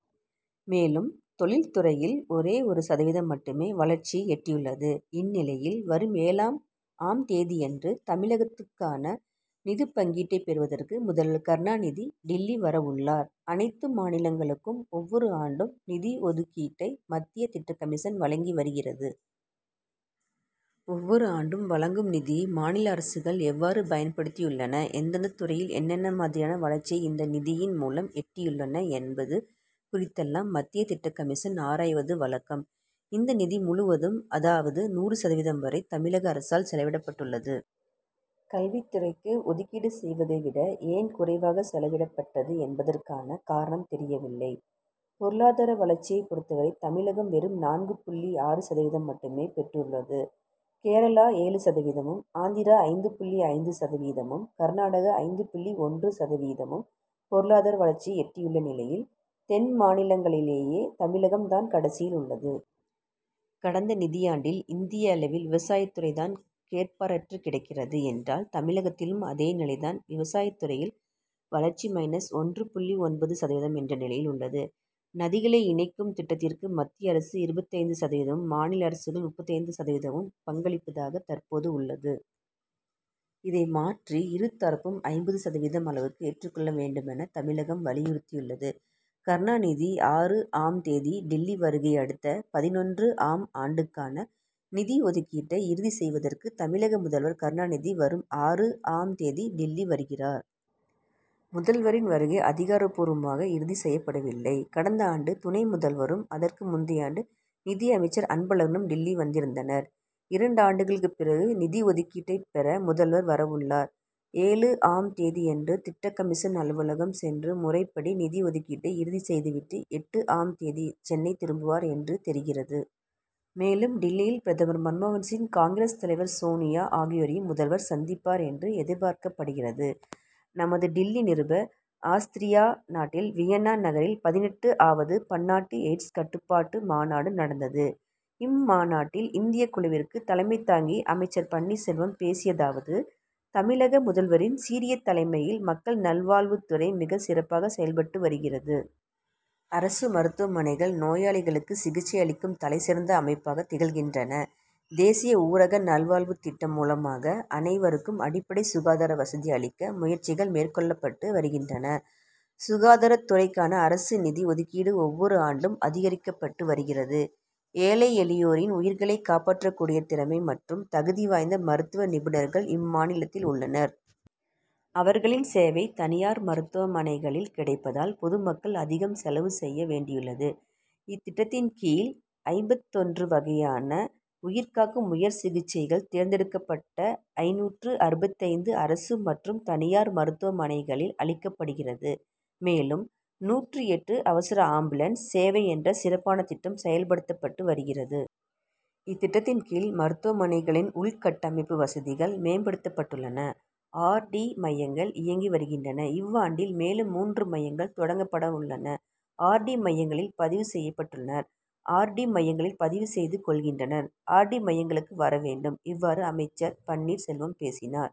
மேலும் தொழில் துறையில் ஒரே ஒரு சதவீதம் மட்டுமே வளர்ச்சியை எட்டியுள்ளது. இந்நிலையில் வரும் ஏழாம் ஆம் தேதியன்று தமிழகத்துக்கான நிதி பங்கீட்டை பெறுவதற்கு முதல்வர் கருணாநிதி டில்லி வரவுள்ளார். அனைத்து மாநிலங்களுக்கும் ஒவ்வொரு ஆண்டும் நிதி ஒதுக் கீட்டை மத்திய திட்டக்கமிஷன் வழங்கி வருகிறது. ஒவ்வொரு ஆண்டும் வழங்கும் நிதியை மாநில அரசுகள் எவ்வாறு பயன்படுத்தியுள்ளன எந்தெந்த துறைகளில் என்னென்ன மாதிரியான வளர்ச்சியை இந்த நிதியின் மூலம் எட்டியுள்ளன என்பது குறித்தெல்லாம் மத்திய திட்டக்கமிஷன் ஆராய்வது வழக்கம். இந்த நிதி முழுவதும் அதாவது நூறு சதவீதம் வரை தமிழக அரசால் செலவிடப் பட்டுள்ளது. கல்வித் துறைக்கு ஒதுக்கீடு செய்ததை விட ஏன் குறைவாக செலவிடப்பட்டது என்பதற்கான காரணம் தெரியவில்லை. பொருளதார வளர்ச்சியைப் பொறுத்தவரை தமிழகம் வெறும் நான்கு புள்ளி ஆறு சதவீதம் மட்டுமே பெற்றுள்ளது. கேரளா ஏழு சதவீதமும், ஆந்திரா ஐந்து புள்ளி ஐந்து சதவீதமும் கர்நாடகா ஐந்து புள்ளி ஒன்று சதவீதமும் பொருளாதார வளர்ச்சியை எட்டியுள்ள நிலையில் தென்மாநிலங்களிலேயே தமிழகம் தான் கடைசியில் உள்ளது. கடந்த நிதியாண்டில் இந்திய அளவில் விவசாயத்துறை தான் கேட்பாரற்று கிடக்கிறது என்றால் தமிழகத்திலும் அதே நிலை தான். விவசாயத் துறையில் வளர்ச்சி மைனஸ் ஒன்று புள்ளி ஒன்பது சதவீதம் என்ற நிலையில் உள்ளது. நதிகளை இணைக்கும் திட்டத்திற்கு மத்திய அரசு இருபத்தைந்து சதவீதமும் மாநில அரசுகள் முப்பத்தைந்து சதவீதமும் பங்களிப்பதாக தற்போது உள்ளது. இதை மாற்றி இரு தரப்பும் ஐம்பது சதவீதம் அளவுக்கு ஏற்றுக்கொள்ள வேண்டுமென தமிழகம் வலியுறுத்தியுள்ளது. கருணாநிதி ஆறு ஆம் தேதி டில்லி வருகை அடுத்த பதினொன்று ஆம் ஆண்டுக்கான நிதி ஒதுக்கீட்டை இறுதி செய்வதற்கு தமிழக முதல்வர் கருணாநிதி வரும் ஆறு ஆம் தேதி டில்லி வருகிறார். முதல்வரின் வருகை அதிகாரப்பூர்மாக இறுதி செய்யப்படவில்லை. கடந்த ஆண்டு துணை முதல்வரும் அதற்கு முந்தைய ஆண்டு நிதி அமைச்சர் அன்பழகனும் டில்லி வந்திருந்தனர். இரண்டு ஆண்டுகளுக்கு பிறகு நிதி ஒதுக்கீட்டை பெற முதல்வர் வரவுள்ளார். ஏழு ஆம் தேதியன்று திட்டக்கமிஷன் அலுவலகம் சென்று முறைப்படி நிதி ஒதுக்கீட்டை இறுதி செய்துவிட்டு எட்டு ஆம் தேதி சென்னை திரும்புவார் என்று தெரிகிறது. மேலும் டில்லியில் பிரதமர் மன்மோகன் சிங் காங்கிரஸ் தலைவர் சோனியா ஆகியோரையும் முதல்வர் சந்திப்பார் என்று எதிர்பார்க்கப்படுகிறது. -நமது டில்லி நிருபர்- ஆஸ்திரியா நாட்டில் வியன்னா நகரில் பதினெட்டு ஆவது பன்னாட்டு எய்ட்ஸ் கட்டுப்பாட்டு மாநாடு நடந்தது. இம்மாநாட்டில் இந்திய குழுவிற்கு தலைமை தாங்கி அமைச்சர் பன்னீர்செல்வம் பேசியதாவது தமிழக முதல்வரின் சீரிய தலைமையில் மக்கள் நல்வாழ் வுத்துறை மிகச் சிறப்பாக செயல் பட்டு வருகிறது. அரசு மருத்துவமனைகள் நோயாளிகளுக்கு சிகிச்சை அளிக்கும் தலை சிறந்த அமைப்பாக திகழ்கின்றன. தேசிய ஊரக நல்வாழ்வுத் திட்டம் மூலமாக அனைவருக்கும் அடிப்படை சுகாதார வசதி அளிக்க முயற்சிகள் மேற்கொள்ளப்பட்டு வருகின்றன. சுகாதாரத் துறைக்கான அரசு நிதி ஒதுக்கீடு ஒவ்வொரு ஆண்டும் அதிகரிக்கப்பட்டு வருகிறது. ஏழை எளியோரின் உயிர்களை காப்பாற்றக் கூடிய திறமை மற்றும் தகுதி வாய்ந்த மருத்துவ நிபுணர்கள் இம் மாநிலத்தில் உள்ளனர். அவர்களின் சேவை தனியார் மருத்துவமனைகளில் கிடைப்பதால் பொது மக்கள் அதிகம் செலவு செய்ய வேண்டியுள்ளது. இத்திட்டத்தின் கீழ் ஐம்பத்தொன்று வகையான உயிர்காக்கும் உயர் சிகிச்சைகள் தேர்ந்தெடுக்கப் பட்ட ஐநூற்று அறுபத்தைந்து அரசு மற்றும் தனியார் மருத்துவமனைகளில் அளிக்கப்படுகிறது. மேலும் நூற்று எட்டு அவசர ஆம்புலன்ஸ் சேவை என்ற சிறப்பான திட்டம் செயல்படுத்தப்பட்டு வருகிறது. இத்திட்டத்தின் கீழ் மருத்துவமனைகளின் உள்கட்டமைப்பு வசதிகள் மேம்படுத்தப் பட்டுள்ளன. ஆர். டி. மையங்கள் இயங்கி வருகின்றன. இவ்வாண்டில் மேலும் மூன்று மையங்கள் தொடங்கப்படவுள்ளன. ஆர். டி.மையங்களில் பதிவு செய்யப்பட்டுள்ளனர். ஆர். டி. மையங்களில் பதிவு செய்து கொள்கின்றனர். ஆர். டி. மையங்களுக்கு வரவேண்டும். இவ்வாறு அமைச்சர் பன்னீர் செல்வம் பேசினார்.